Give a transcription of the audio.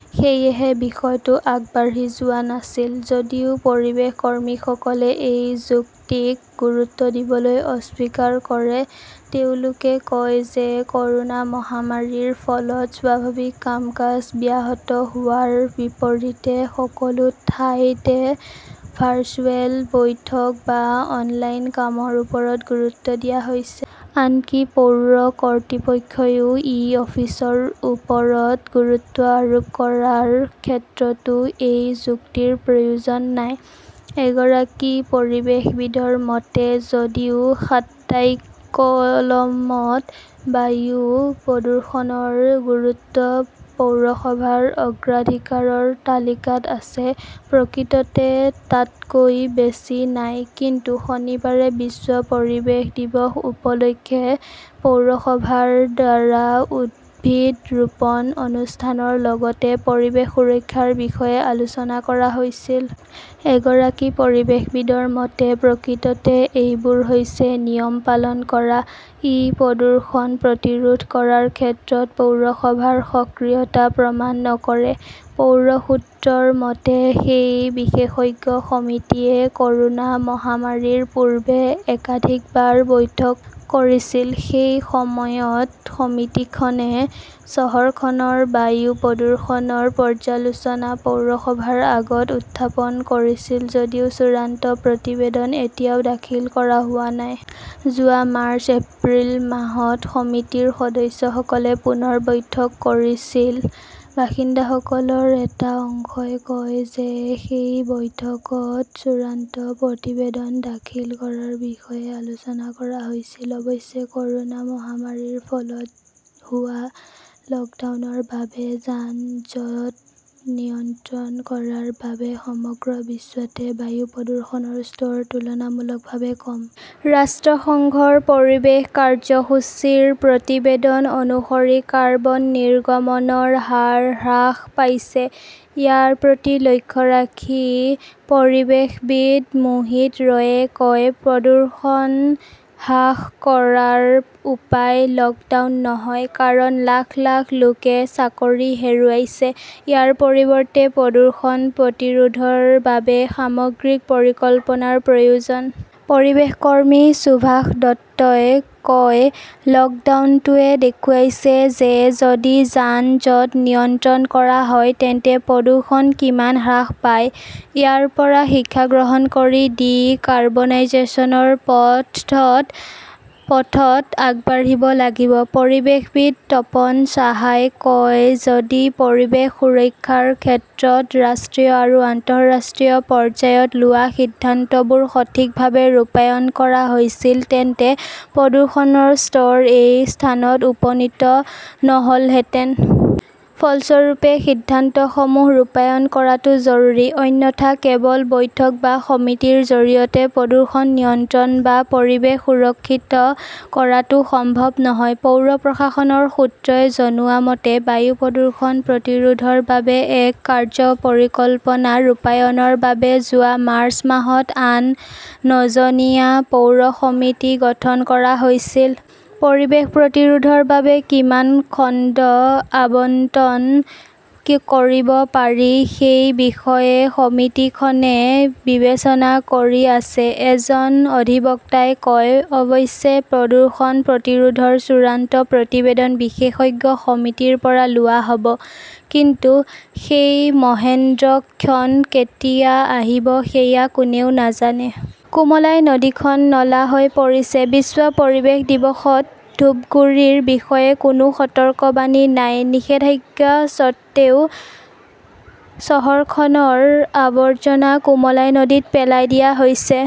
সেয়েহে বিষয়টো আগবাঢ়ি যোৱা নাছিল। যদিও পৰিৱেশ কৰ্মীসকলে এই যুক্তিক গুৰুত্ব দিবলৈ অস্বীকাৰ কৰে। তেওঁলোকে কয় যে ক'ৰোনা মহামাৰীৰ ফলত স্বাভাৱিক কাম-কাজ ব্যাহত হোৱাৰ বিপৰীতে সকলো ঠাইতে ভাৰ্চুৱেল বৈঠক বা অনলাইন কামৰ ওপৰত গুৰুত্ব দিয়া হৈছে। আনকি পৌৰ কৰ্তৃপক্ষইও ই-অফিচৰ ওপৰত গুৰুত্ব আৰোপ কৰাৰ ক্ষেত্ৰতো এই যুক্তিৰ প্ৰয়োজন নাই। এগৰাকী পৰিৱেশবিদৰ মতে, যদিও খাট্টাইকলমত বায়ু প্ৰদূষণৰ গুৰুত্ব পৌৰসভাৰ অগ্ৰাধিকাৰৰ তালিকাত আছে, প্ৰকৃততে তাতকৈ বেছি নাই। কিন্তু শনিবাৰে বিশ্ব পৰিৱেশ দিৱস উপলক্ষে পৌৰসভাৰ দ্বাৰা উদ্ভিদ ৰোপণ অনুষ্ঠানৰ লগতে পৰিৱেশ সুৰক্ষাৰ বিষয়ে আলোচনা কৰা হৈছিল। এগৰাকী পৰিৱেশবিদৰ মতে, প্ৰকৃততে এইবোৰ হৈছে নিয়ম পালন কৰা। ই প্ৰদূষণ প্ৰতিৰোধ কৰাৰ ক্ষেত্ৰত পৌৰসভাৰ সক্ৰিয়তা প্ৰমাণ নকৰে। পৌৰ সূত্ৰৰ মতে, সেই বিশেষজ্ঞ সমিতিয়ে ক'ৰোনা মহামাৰীৰ পূৰ্বে একাধিকবাৰ বৈঠক কৰিছিল। সেই সময়ত সমিতিখনে চহৰখনৰ বায়ু প্ৰদূষণৰ পৰ্যালোচনা পৌৰসভাৰ আগত উত্থাপন কৰিছিল যদিও চূড়ান্ত প্ৰতিবেদন এতিয়াও দাখিল কৰা হোৱা নাই। যোৱা মাৰ্চ-এপ্ৰিল মাহত সমিতিৰ সদস্যসকলে পুনৰ বৈঠক কৰিছিল। বাসিন্দাসকলৰ এটা অংশই কয় যে সেই বৈঠকত চূড়ান্ত প্ৰতিবেদন দাখিল কৰাৰ বিষয়ে আলোচনা কৰা হৈছিল। অৱশ্যে, ক'ৰোনা মহামাৰীৰ ফলত হোৱা লকডাউনৰ বাবে যান-জঁট নিয়ন্ত্ৰণ কৰাৰ বাবে সমগ্ৰ বিশ্বতে বায়ু প্ৰদূষণৰ স্তৰ তুলনামূলকভাৱে কম। ৰাষ্ট্ৰসংঘৰ পৰিৱেশ কাৰ্যসূচীৰ প্ৰতিবেদন অনুসৰি কাৰ্বন নিৰ্গমনৰ হাৰ হ্ৰাস পাইছে। ইয়াৰ প্ৰতি লক্ষ্য ৰাখি পৰিৱেশবিদ মোহিত ৰয়ে কয়, প্ৰদূষণ হ্ৰাস কৰাৰ উপায় লকডাউন নহয়। কাৰণ লাখ লাখ লোকে চাকৰি হেৰুৱাইছে। ইয়াৰ পৰিৱৰ্তে প্ৰদূষণ প্ৰতিৰোধৰ বাবে সামগ্ৰিক পৰিকল্পনাৰ প্ৰয়োজন। পৰিৱেশ কৰ্মী সুভাষ দত্তই কয়, লকডাউনটোৱে দেখুৱাইছে যে যদি যান-জঁট নিয়ন্ত্ৰণ কৰা হয় তেন্তে প্ৰদূষণ কিমান হ্ৰাস পায়। ইয়াৰ পৰা শিক্ষা গ্ৰহণ কৰি ডি-কাৰ্বনাইজেশ্যনৰ পথত আগবাঢ়িব লাগিব। পৰিৱেশবিদ তপন সাহাই কয়, যদি পৰিৱেশ সুৰক্ষাৰ ক্ষেত্ৰত ৰাষ্ট্ৰীয় আৰু আন্তঃৰাষ্ট্ৰীয় পৰ্যায়ত লোৱা সিদ্ধান্তবোৰ সঠিকভাৱে ৰূপায়ণ কৰা হৈছিল তেন্তে প্ৰদূষণৰ স্তৰ এই স্থানত উপনীত নহ'লহেঁতেন। ফলস্বৰূপে সিদ্ধান্তসমূহ ৰূপায়ণ কৰাটো জৰুৰী। অন্যথা কেৱল বৈঠক বা সমিতিৰ জৰিয়তে প্ৰদূষণ নিয়ন্ত্ৰণ বা পৰিৱেশ সুৰক্ষিত কৰাটো সম্ভৱ নহয়! পৌৰ প্ৰশাসনৰ সূত্ৰই জনোৱা মতে, বায়ু প্ৰদূষণ প্ৰতিৰোধৰ বাবে এক কাৰ্য্য পৰিকল্পনা ৰূপায়ণৰ বাবে যোৱা মাৰ্চ মাহত আন নজনীয়া পৌৰ সমিতি গঠন কৰা হৈছিল। পৰিৱেশ প্ৰতিৰোধৰ বাবে কিমান খণ্ড আবণ্টন কৰিব পাৰি সেই বিষয়ে সমিতিখনে বিবেচনা কৰি আছে, এজন অধিবক্তাই কয়। অৱশ্যে, প্ৰদূষণ প্ৰতিৰোধৰ চূড়ান্ত প্ৰতিবেদন বিশেষজ্ঞ সমিতিৰ পৰা লোৱা হ'ব। কিন্তু সেই মহেন্দ্ৰক্ষণ কেতিয়া আহিব সেয়া কোনেও নাজানে। কুমলাই নদী খন নলা হৈ পৰিছে, বিশ্ব পৰিৱেশ দিৱসত ধূপগুড়ীৰ বিষয়ে কোনো সতৰ্কবাণী নাই, নিষেধাজ্ঞা সত্বেও চহৰখনৰ আৱৰ্জনা কুমলাই নদীত পেলাই দিয়া হৈছে।